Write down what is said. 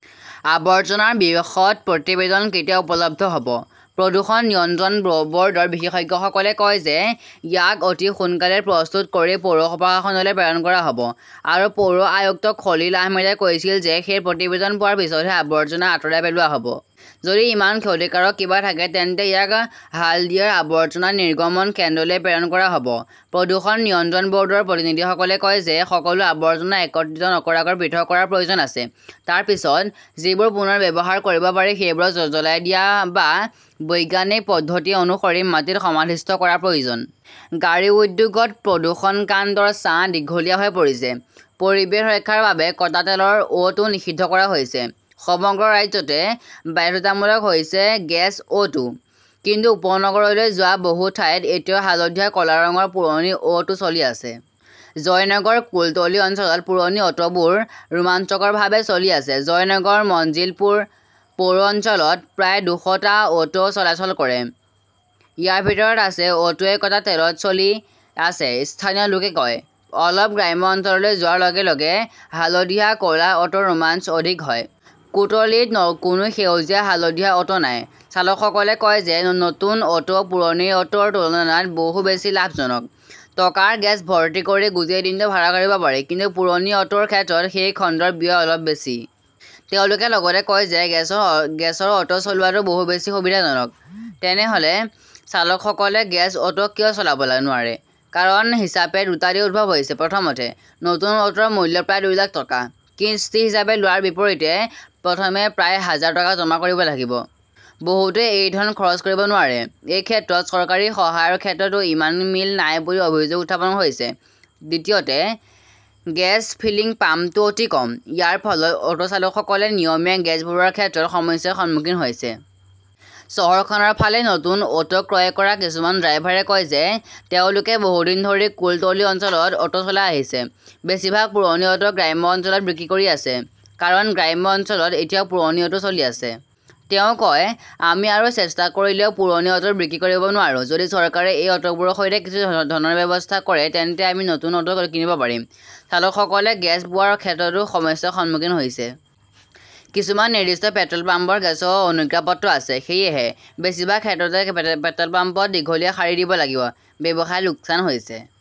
আৱৰ্জনাৰ বিশদ প্ৰতিবেদন কেতিয়া উপলব্ধ হব? প্ৰদূষণ নিয়ন্ত্ৰণ বৰ্ডৰ বিশেষজ্ঞসকলে কয় যে, ইয়াক অতি সোনকালেই প্ৰস্তুত কৰি পৌৰ প্ৰশাসনলৈ প্ৰেৰণ কৰা হব আৰু পৌৰ আয়ুক্ত খলিল আহমেদে কৈছিল যে, সেই প্ৰতিবেদন পোৱাৰ পিছতহে আৱৰ্জনা আঁতৰাই পেলোৱা হব। যদি ইমান ক্ষতিকাৰক কিবা থাকে, তেন্তে ইয়াক হালদিয়াৰ আৱৰ্জনা নিৰ্গমন কেন্দ্ৰলৈ প্ৰেৰণ কৰা হব। প্ৰদূষণ নিয়ন্ত্ৰণ বৰ্ডৰ প্ৰতিনিধিসকলে কয় যে, সকলো আৱৰ্জনা একত্ৰিত নকৰাকৈ পৃথক কৰাৰ প্ৰয়োজন আছে। তাৰ পিছত যিবোৰ পুনৰ ব্যৱহাৰ কৰিব পাৰি, সেইবোৰক জ্বলাই দিয়া বা বৈজ্ঞানিক পদ্ধতি অনুসৰি মাটিত সমাধিস্থ কৰাৰ প্ৰয়োজন। গাড়ী উদ্যোগত প্ৰদূষণ কাণ্ডৰ ছাঁ দীঘলীয়া হৈ পৰিছে । পৰিৱেশ ৰক্ষাৰ বাবে কটা তেলৰ অ'টো নিষিদ্ধ কৰা হৈছে। সমগ্ৰ ৰাজ্যতে বাধ্যতামূলক হৈছে গেছ অ'টো। কিন্তু উপনগৰলৈ যোৱা বহু ঠাইত এতিয়াও হালধীয়া-ক'লা ৰঙৰ পুৰণি অ'টো চলি আছে। জয়নগৰ-কুলতলি অঞ্চলত পুৰণি অ'টোবোৰ ৰোমাঞ্চকৰভাৱে চলি আছে। জয়নগৰ-মজিলপুৰ পৌৰ অঞ্চলত প্ৰায় দুশটা অ'টো চলাচল কৰে। ইয়াৰ ভিতৰত আছে অ'টোৱে কটা তেলত চলি আছে, স্থানীয় লোকে কয়। অলপ গ্ৰাম্য অঞ্চললৈ যোৱাৰ লগে লগে হালধীয়া-ক 'লা অ'টোৰ ৰোমাঞ্চ অধিক হয়। কুটলিত কোনো সেউজীয়া-হালধীয়া অ'টো নাই। চালকসকলে কয় যে, নতুন অ'টো পুৰণি অ'টোৰ তুলনাত বহু বেছি লাভজনক। টকাৰ গেছ ভৰ্তি কৰি গোটেই দিনটো ভাড়া কৰিব পাৰি। কিন্তু পুৰণি অ'টোৰ ক্ষেত্ৰত সেই খণ্ডৰ ব্যয় অলপ বেছি। তেওঁলোকে লগতে কয় যে, গেছৰ অ'টো চলোৱাটো বহু বেছি সুবিধাজনক। তেনেহলে চালকসকলে গেছ অ'টো কিয় চলাব নোৱাৰে? কাৰণ হিচাপে দুটা দিশ উদ্ভৱ হৈছে। প্ৰথমতে, নতুন অ'টোৰ মূল্য প্ৰায় দুই লাখ টকা। কিস্তি হিচাপে লোৱাৰ বিপৰীতে প্ৰথমে প্ৰায় হাজাৰ টকা জমা কৰিব লাগিব। বহুতে এই ধন খৰচ কৰিব নোৱাৰে। এই ক্ষেত্ৰত চৰকাৰী সহায়ৰ ক্ষেত্ৰতো ইমান মিল নাই বুলি অভিযোগ উত্থাপন হৈছে। দ্বিতীয়তে, গেছ ফিলিং পাম্পটো অতি কম। ইয়াৰ ফলত অ'টো চালকসকলে নিয়মীয়া গেছ ভৰোৱাৰ ক্ষেত্ৰত সমস্যাৰ সন্মুখীন হৈছে। চহৰখনৰ ফালে নতুন অ'টো ক্ৰয় কৰা কিছুমান ড্ৰাইভাৰে কয় যে, তেওঁলোকে বহু দিন ধৰি কুলতলি অঞ্চলত অ'টো চলাই আহিছে। বেছিভাগ পুৰণি অ'টো গ্ৰাম্য অঞ্চলত বিক্ৰী কৰি আছে। কাৰণ গ্ৰাম্য অঞ্চলত এতিয়াও পুৰণি অ'টো চলি আছে। তেওঁ কয়, "আমি আৰু চেষ্টা কৰিলেও পুৰণি অ'টো বিক্ৰী কৰিব নোৱাৰো। যদি চৰকাৰে এই অ'টোবোৰৰ সৈতে কিছু ধনৰ ব্যৱস্থা কৰে, তেন্তে আমি নতুন অ'টোও কিনিব পাৰিম"। চালকসকলে গেছ পোৱাৰ ক্ষেত্ৰতো সমস্যাৰ সন্মুখীন হৈছে। কিছুমান নিৰ্দিষ্ট পেট্ৰল পাম্পত গেছৰ অনুজ্ঞাপত্ৰ আছে। সেয়েহে বেছিভাগ ক্ষেত্ৰতে পেট্ৰল পাম্পত দীঘলীয়া শাৰী দিব লাগিব। ব্যৱসায়ত লোকচান হৈছে।